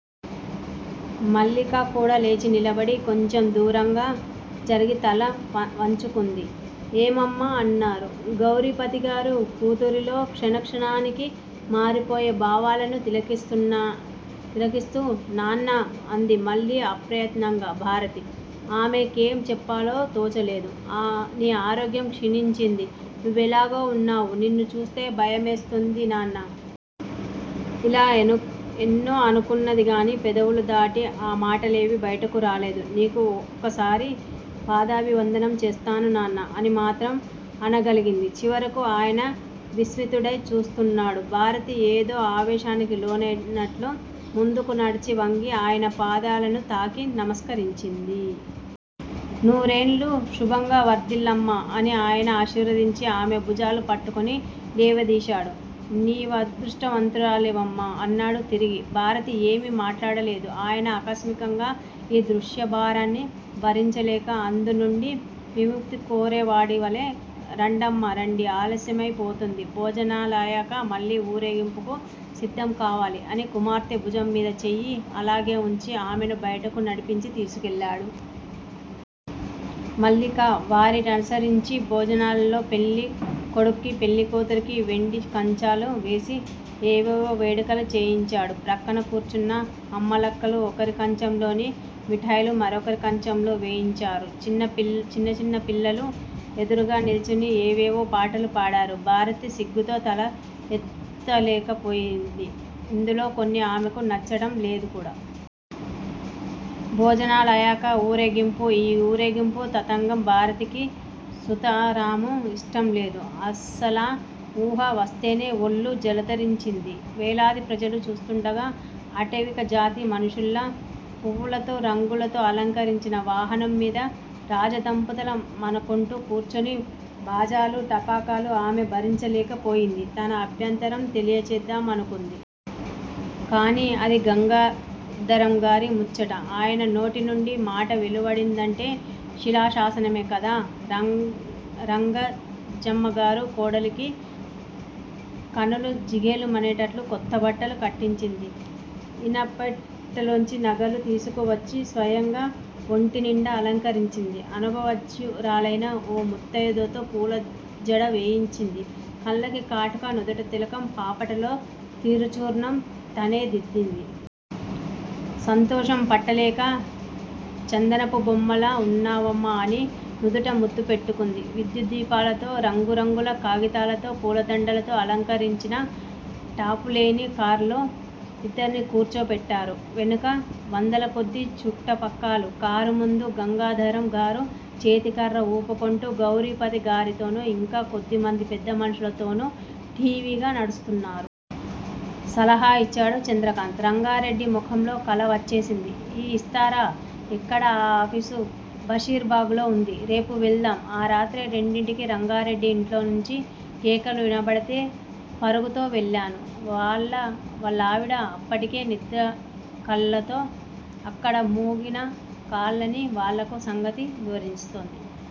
మల్లిక కూడా లేచి నిలబడి, కొంచెం దూరంగా జరిగి తల వంచుకుంది. ఏమమ్మా! అన్నారు గౌరీపతిగారు. కూతురిలో క్షణక్షణానికి మారిపోయే భావాలను తిలకిస్తూ. నాన్నా! అంది మళ్ళీ అప్రయత్నంగా భారతి. ఆమె కేం చెప్పాలో తోచలేదు. 'నీ ఆరోగ్యం క్షీణించింది. నువ్వెలాగో ఉన్నావు. నిన్ను చూస్తే భయమేస్తోంది, నాన్నా! ' ఇలా ఎన్నో అనుకుందిగాని పెదవులు దాటి ఆ మాటలేవీ బయటకు రాలేదు. నీకు ఒక్కసారి పాదాభివందనం చేస్తాను, నాన్నా అని మాత్రం అనగలిగింది చివరకు. ఆయన విస్మితుడై చూస్తున్నాడు. భారతి ఏదో ఆవేశానికి లోనైనట్లు ముందుకు నడిచి వంగి, ఆయన పాదాలను తాకి నమస్కరించింది. నూరేళ్ళు శుభంగా వర్ధిల్లమ్మా! అని ఆయన ఆశీర్వదించి, ఆమె భుజాలు పట్టుకుని లేవదీశాడు. నీవదృష్టవంతురాలివమ్మా అన్నాడు తిరిగి. భారతి ఏమీ మాట్లాడలేదు. ఆయన ఆకస్మికంగా యీ దృశ్యభారాన్ని భరించలేక, అందు నుండి విముక్తి కోరేవాడివలె రండమ్మా, రండి ఆలస్యమై పోతోంది. భోజనాలయినాక మళ్ళీ ఊరేగింపుకు సిద్ధం కావాలి అని కుమార్తె భుజంమీద చేయి అలానే వుంచి, ఆమెను బయటకు నడిపించి తీసుకువెళ్ళాడు. మల్లిక వారి ననుసరించింది. భోజనాలలో పెళ్ళికొడుక్కి, పెళ్ళికూతురికి వెండికంచాలు వేసి, ఏవేవో వేడుకలు చేయించాడు. ప్రక్కన కూర్చున్న అమ్మలక్కలు ఒకరి కంచంలోని మిటాయిలు మరొకరి కంచంలో వేయించారు. చిన్న చిన్న పిల్లలు ఎదురుగా నిల్చుని ఏవేవో పాటలు పాడారు. భారతి సిగ్గుతో తల ఎత్తలేకపోతూంది. ఇందులో కొన్ని ఆమెకు నచ్చటంలేదు కూడా. భోజాలయినాక ఊరేగింపు. యీ ఊరేగింపు తతంగం భారతికి సుతరామూ ఇష్టంలేదు. అసలా వూహ వస్తేనే ఒళ్ళు జలదరించింది. వేలాది ప్రజలు చూస్తూండగా, ఆటవికజాతి మనుషుల్లా పువ్వులతో, రంగులతో అలంకరించిన వాహనం మీద రాజదంపతుల మనుకుంటూ కూర్చుని బాజాలు, టపాకాయలు ఆమె భరించలేకపోయింది. తన అభ్యంతరం తెలియచేద్దామనుకుంది. కాని అది గంగాధరంగారి ముచ్చట ఆయన నోటి నుండి మాట వెలువడిందంటే శిలాశాసనమే కదా! రంగాజమ్మగారు కోడలికి కనులు జిగేలుమనేటట్లు కొత్తబట్టలు కట్టించింది. ఇనప్పెంట్టెలోంచి నగలు తీసుకువచ్చి స్వయంగా ఒంటినిండా అలంకరించింది. అనుభవజ్ఞరాలైన ఓ ముత్తైదువతో పూలజడ వేయించింది. కళ్ళకి కాటుక, నుదుట తిలకం, పాపటలో తిరుచూర్ణం తనే దిద్దింది. సంతోషం పట్టలేక చందనపు బొమ్మలా వున్నావమ్మా అని నుదుట ముద్దు పెట్టుకుంది. విద్యుద్దీపాలతో, రంగురంగుల కాగితాలతో పూలదండలతో అలంకరించిన టాపులేని కారులో యిద్దర్నీ కూర్చోపెట్టారు. వెనుక వందలకొద్దీ చుట్ట పక్కాలు. కారు ముందు గంగాధరంగారు చేతికర్ర ఊపుకుంటూ, గౌరీపతిగారితోనూ. ఇంకా కొద్దిమంది పెద్దమనుషులతోనూ ఠీవిగా నడుస్తున్నారు. సలహా ఇచ్చాడు చంద్రకాంత్. రంగారెడ్డి మొఖంలో కల వచ్చేసింది. ఆ! ఇస్తారా? ఎక్కడ ఆ ఆఫీసు? బషీర్ బాగ్ లో ఉంది! రేపు వెళ్దాం ఆ రాత్రే రెండింటికి రంగారెడ్డి ఇంట్లో నుంచి కేకలు వినబడితే పరుగుతో వెళ్ళాను. వాళ్ళావిడ అప్పటికే నిద్రకళ్ళతో అక్కడ మూగిన కాలనీవాళ్ళకు సంగతి వివరిస్తోంది.